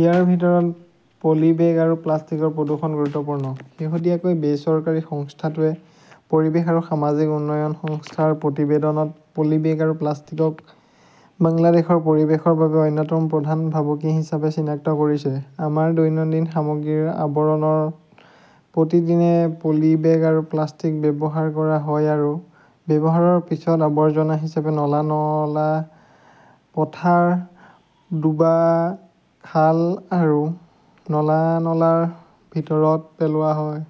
ইয়াৰ ভিতৰত পলিবেগ আৰু প্লাষ্টিকৰ প্ৰদূষণ গুৰুত্বপূৰ্ণ। শেহতীয়াকৈ বেচৰকাৰী সংস্থাটোৱে পৰিৱেশ আৰু সামাজিক উন্নয়ন সংস্থাৰ প্ৰতিবেদনত পলিবেগ আৰু প্লাষ্টিকক বাংলাদেশৰ পৰিৱেশৰ বাবে অন্যতম প্ৰধান ভাবুকি হিচাপে চিনাক্ত কৰিছে। আমাৰ দৈনন্দিন সামগ্ৰীৰ আৱৰণত প্ৰতিদিনে পলি বেগ আৰু প্লাষ্টিক ব্যৱহাৰ কৰা হয় আৰু ব্যৱহাৰৰ পিছত আৱৰ্জনা হিচাপে নলা-নলা, পথাৰ, ডুৱা, খাল আৰু নলা-নলাৰ ভিতৰত পেলোৱা হয়।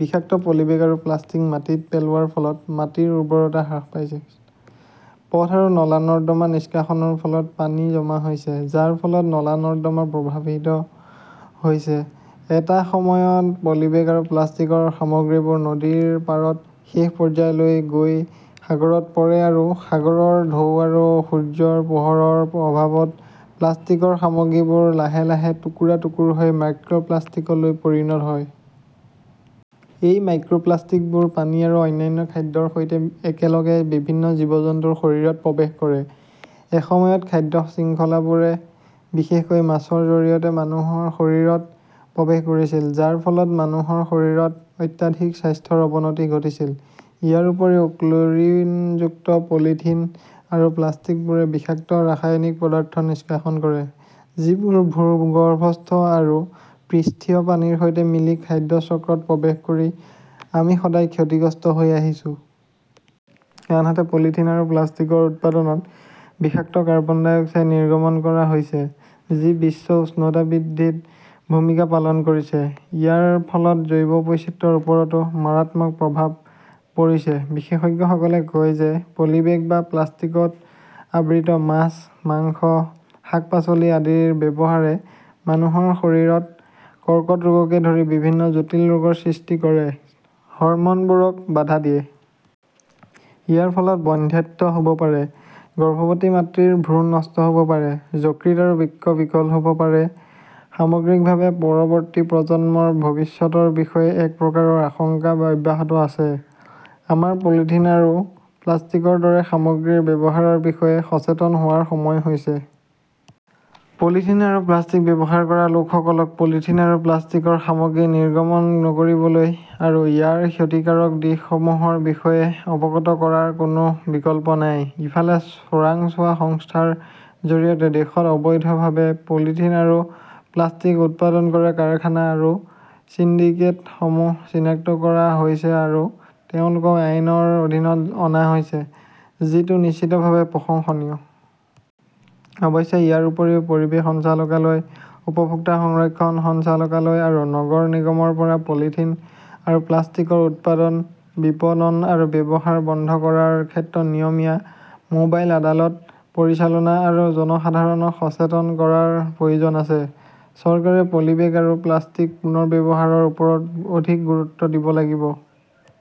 বিষাক্ত পলিবেগ আৰু প্লাষ্টিক মাটিত পেলোৱাৰ ফলত মাটিৰ উৰ্বৰতা হ্ৰাস পাইছে। পথ আৰু নলা-নৰ্দমা নিষ্কাশনৰ ফলত পানী জমা হৈছে, যাৰ ফলত নলা-নৰ্দমা প্ৰভাৱিত হৈছে। এটা সময়ত পলিবেগ আৰু প্লাষ্টিকৰ সামগ্ৰীবোৰ নদীৰ পাৰত শেষ পৰ্যায়লৈ গৈ সাগৰত পৰে আৰু সাগৰৰ ঢৌ আৰু সূৰ্যৰ পোহৰৰ প্ৰভাৱত প্লাষ্টিকৰ সামগ্ৰীবোৰ লাহে লাহে টুকুৰা-টুকুৰা হৈ মাইক্ৰ'প্লাষ্টিকলৈ পৰিণত হয়। এই মাইক্ৰ 'প্লাষ্টিকবোৰ পানী আৰু অন্যান্য খাদ্যৰ সৈতে একেলগে বিভিন্ন জীৱ-জন্তুৰ শৰীৰত প্ৰৱেশ কৰে। এসময়ত খাদ্য শৃংখলাবোৰে বিশেষকৈ মাছৰ জৰিয়তে মানুহৰ শৰীৰত প্ৰৱেশ কৰিছিল, যাৰ ফলত মানুহৰ শৰীৰত অত্যাধিক স্বাস্থ্যৰ অৱনতি ঘটিছিল। ইয়াৰ উপৰিও, ক্ল'ৰিনযুক্ত পলিথিন আৰু প্লাষ্টিকবোৰে বিষাক্ত ৰাসায়নিক পদাৰ্থ নিষ্কাশন কৰে, যিবোৰ ভূগৰ্ভস্থ আৰু পৃষ্ঠীয় পানীৰ সৈতে মিলি খাদ্য চক্ৰত প্ৰৱেশ কৰি আমি সদায় ক্ষতিগ্ৰস্ত হৈ আহিছো। আনহাতে পলিথিন আৰু প্লাষ্টিকৰ উৎপাদনত বিষাক্ত কাৰ্বন ডাই অক্সাইড নিৰ্গমন কৰা হৈছে, যি বিশ্ব উষ্ণতা বৃদ্ধিত ভূমিকা পালন কৰিছে। ইয়াৰ ফলত জৈৱ বৈচিত্ৰ্যৰ ওপৰতো মাৰাত্মক প্ৰভাৱ পৰিছে। বিশেষজ্ঞসকলে কয় যে পলিবেগ বা প্লাষ্টিকত আবৃত মাছ, মাংস, শাক-পাচলি আদিৰ ব্যৱহাৰে মানুহৰ শৰীৰত কৰ্কট ৰোগকে ধৰি বিভিন্ন জটিল ৰোগৰ সৃষ্টি কৰে, হৰম'নবোৰক বাধা দিয়ে। ইয়াৰ ফলত বন্ধ্যাত্ব হ'ব পাৰে, গৰ্ভৱতী মাতৃৰ ভ্ৰূণ নষ্ট হ'ব পাৰে, যকৃত আৰু বৃক্ক বিকল হ'ব পাৰে। সামগ্ৰিকভাৱে, পৰৱৰ্তী প্ৰজন্মৰ ভৱিষ্যতৰ বিষয়ে এক প্ৰকাৰৰ আশংকা অব্যাহত আছে। আমাৰ পলিথিন আৰু প্লাষ্টিকৰ দৰে সামগ্ৰীৰ ব্যৱহাৰৰ বিষয়ে সচেতন হোৱাৰ সময় হৈছে। পলিথিন আৰু প্লাষ্টিক ব্যৱহাৰ কৰা লোকসকলক পলিথিন আৰু প্লাষ্টিকৰ সামগ্ৰী নিৰ্গমন নকৰিবলৈ আৰু ইয়াৰ ক্ষতিকাৰক দিশসমূহৰ বিষয়ে অৱগত কৰাৰ কোনো বিকল্প নাই। ইফালে, চোৰাংচোৱা সংস্থাৰ জৰিয়তে দেশত অবৈধভাৱে পলিথিন আৰু প্লাষ্টিক উৎপাদন কৰা কাৰখানা আৰু সিন্ডিকেটসমূহ চিনাক্ত কৰা হৈছে আৰু তেওঁলোকক আইনৰ অধীনত অনা হৈছে, যিটো নিশ্চিতভাৱে প্ৰশংসনীয়। অৱশ্যে ইয়াৰ উপৰিও পৰিৱেশ সঞ্চালকালয়, উপভোক্তা সংৰক্ষণ সঞ্চালকালয় আৰু নগৰ নিগমৰ পৰা পলিথিন আৰু প্লাষ্টিকৰ উৎপাদন, বিপণন আৰু ব্যৱহাৰ বন্ধ কৰাৰ ক্ষেত্ৰত নিয়মীয়া মোবাইল আদালত পৰিচালনা আৰু জনসাধাৰণক সচেতন কৰাৰ প্ৰয়োজন আছে। চৰকাৰে পলিবেগ আৰু প্লাষ্টিক পুনৰ্ব্যৱহাৰৰ ওপৰত অধিক গুৰুত্ব দিব লাগিব।